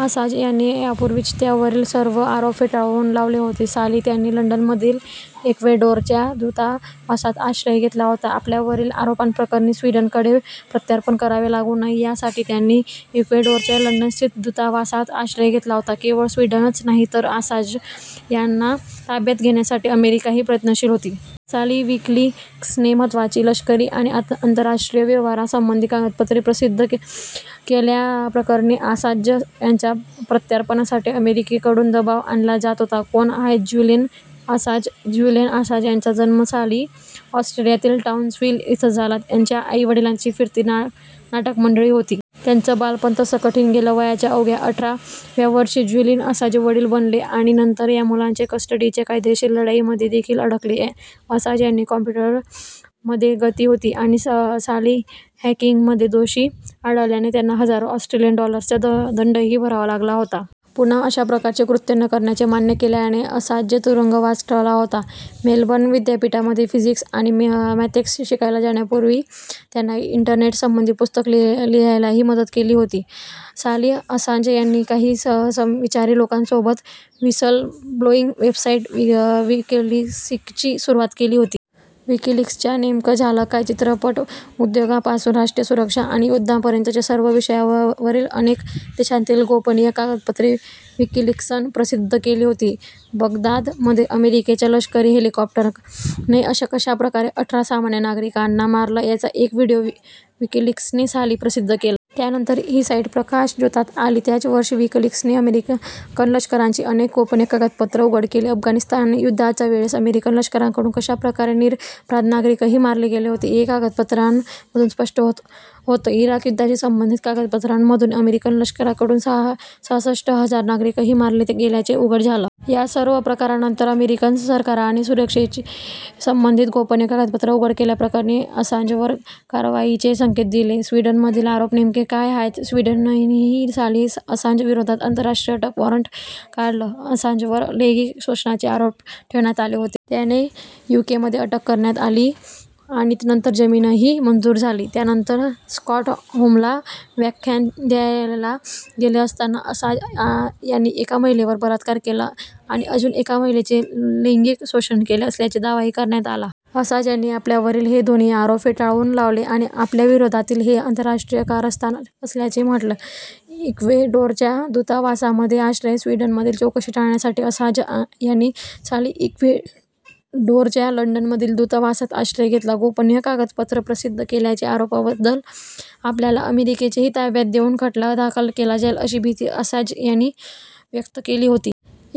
Assange यांनी यापूर्वीच त्यांच्यावरील सर्व आरोप फेटाळून लावले होते. साली त्यांनी लंडनमधील इक्वेडोरच्या दूतावासात आश्रय घेतला होता. आपल्यावरील आरोपांप्रकरणी स्वीडनकडे प्रत्यार्पण करावं लागू नये, यासाठी त्यांनी इक्वेडोरच्या लंडनस्थित दूतावासात आश्रय घेतला होता. केवळ स्वीडनच नाही तर असांज यांना ताब्यात घेण्यासाठी अमेरिकाही प्रयत्नशील होती. साली विकिलीक्सने महत्त्वाची लष्करी आणि आंतरराष्ट्रीय व्यवहारासंबंधी कागदपत्रं प्रसिद्ध केल्याप्रकरणी असांज यांच्या प्रत्यार्पणासाठी अमेरिकेकडून दबाव आणला जात होता. कोण आहेत ज्युलियन असांज? ज्युलियन असांज यांचा जन्म साली ऑस्ट्रेलियातील टाउन्सव्हिल इथं झाला. त्यांच्या आई-वडिलांची फिरती नाटकमंडळी होती. त्यांचं बालपण तसं कठीण गेलं. वयाच्या अवघ्या अठरा व्या वर्षी ज्युलियन असांज वडील बनले आणि नंतर या मुलाच्या कस्टडीच्या कायदेशीर लढाईमध्येदेखील अडकले. असांज यांनी कॉम्प्युटरमध्ये गती होती आणि साली हॅकिंगमध्ये दोषी आढळल्यानं त्यांना हजारो ऑस्ट्रेलियन डॉलर्सचा दंडही भरावा लागला होता. पुन्हा अशा प्रकारचं कृत्य न करण्याचं मान्य केल्यानं असांजचा तुरूंगवास टळला होता. मेलबर्न विद्यापीठामध्ये फिजिक्स आणि मॅथ्स शिकायला जाण्यापूर्वी त्यानं इंटरनेटसंबंधी पुस्तक लिहायलाही मदत केली होती. साली असांज यांनी काही समविचारी लोकांसोबत 'व्हिसल ब्लोइंग' वेबसाइट विकिलीक्सची सुरूवात केली. विकिलीक्सचं नेमकं झालं काय? चित्रपट, उद्योगापासून राष्ट्रीय सुरक्षा आणि युद्धापर्यंतच्या सर्व विषयांवरील अनेक देशांतील गोपनीय कागदपत्रं विकिलीक्सनं प्रसिद्ध केली होती. बगदादमध्ये अमेरिकेच्या लष्करी हेलिकॉप्टरनं कशाप्रकारे अठरा सामान्य नागरिकांना मारलं याचा एक व्हीडिओ विकिलीक्सनं साली प्रसिद्ध केला. त्यानंतर ही साइट प्रकाशझोतात आली. त्याचवर्षी विकिलीक्सनं अमेरिकन लष्कराची अनेक गोपनीय कागदपत्रं उघड केली. अफगाणिस्तान युद्धाच्या वेळेस अमेरिकन लष्कराकडून कशा प्रकारे निरपराध नागरिकही मारले गेले होते, हे या कागदपत्रांमधून स्पष्ट होत होतं. इराक युद्धाशी संबंधित कागदपत्रांमधून अमेरिकन लष्कराकडून सहासष्ट हजार नागरिकही मारले गेल्याचं उघड झालं। या सर्व प्रकारानंतर अमेरिकन सरकारनं सुरक्षेशी संबंधित गोपनीय कागदपत्र उघड केल्याप्रकरणी असांजवर कारवाईचे संकेत दिले. स्वीडनमधील आरोप नेमके काय आहेत? स्वीडननेही साली असांज विरोधात आंतरराष्ट्रीय अटक वॉरंट काढलं. असांजवर लैंगिक शोषणाचे आरोप ठेवण्यात आले होते. त्यांना युकेमध्ये अटक करण्यात आली आणि नंतर जामीनही मंजूर झाला. त्यानंतर स्टॉकहोमला व्याख्यान द्यायला गेले असताना असांज यांनी एका महिलेवर बलात्कार केला आणि अजून एका महिलेचं लैंगिक शोषण केलं असल्याचा दावाही करण्यात आला. असांज यांनी आपल्यावरील हे दोन्ही आरोप फेटाळून लावले आणि आपल्याविरोधातील हे आंतरराष्ट्रीय कारस्थान असल्याचं म्हटलं. इक्वेडोरच्या दूतावासामध्ये आश्रय स्वीडनमधील चौकशी टाळण्यासाठी असांज यांनी साली इक्वेडोरच्या लंडनमधील दूतावासात आश्रय घेतला. गोपनीय कागदपत्रं प्रसिद्ध केल्याच्या आरोपाबद्दल आपल्याला अमेरिकेच्याही ताब्यात देऊन खटला दाखल केला जाईल अशी भीती असांज यांनी व्यक्त केली होती.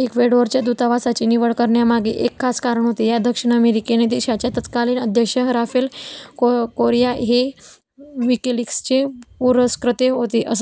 इक्वेडोरच्या दूतावासाची निवड करण्यामागे एक खास कारण होतं. या दक्षिण अमेरिकन देशाचे तत्कालीन अध्यक्ष राफेल कोरिआ हे विकिलीक्सचे पुरस्कर्ते होते. असांज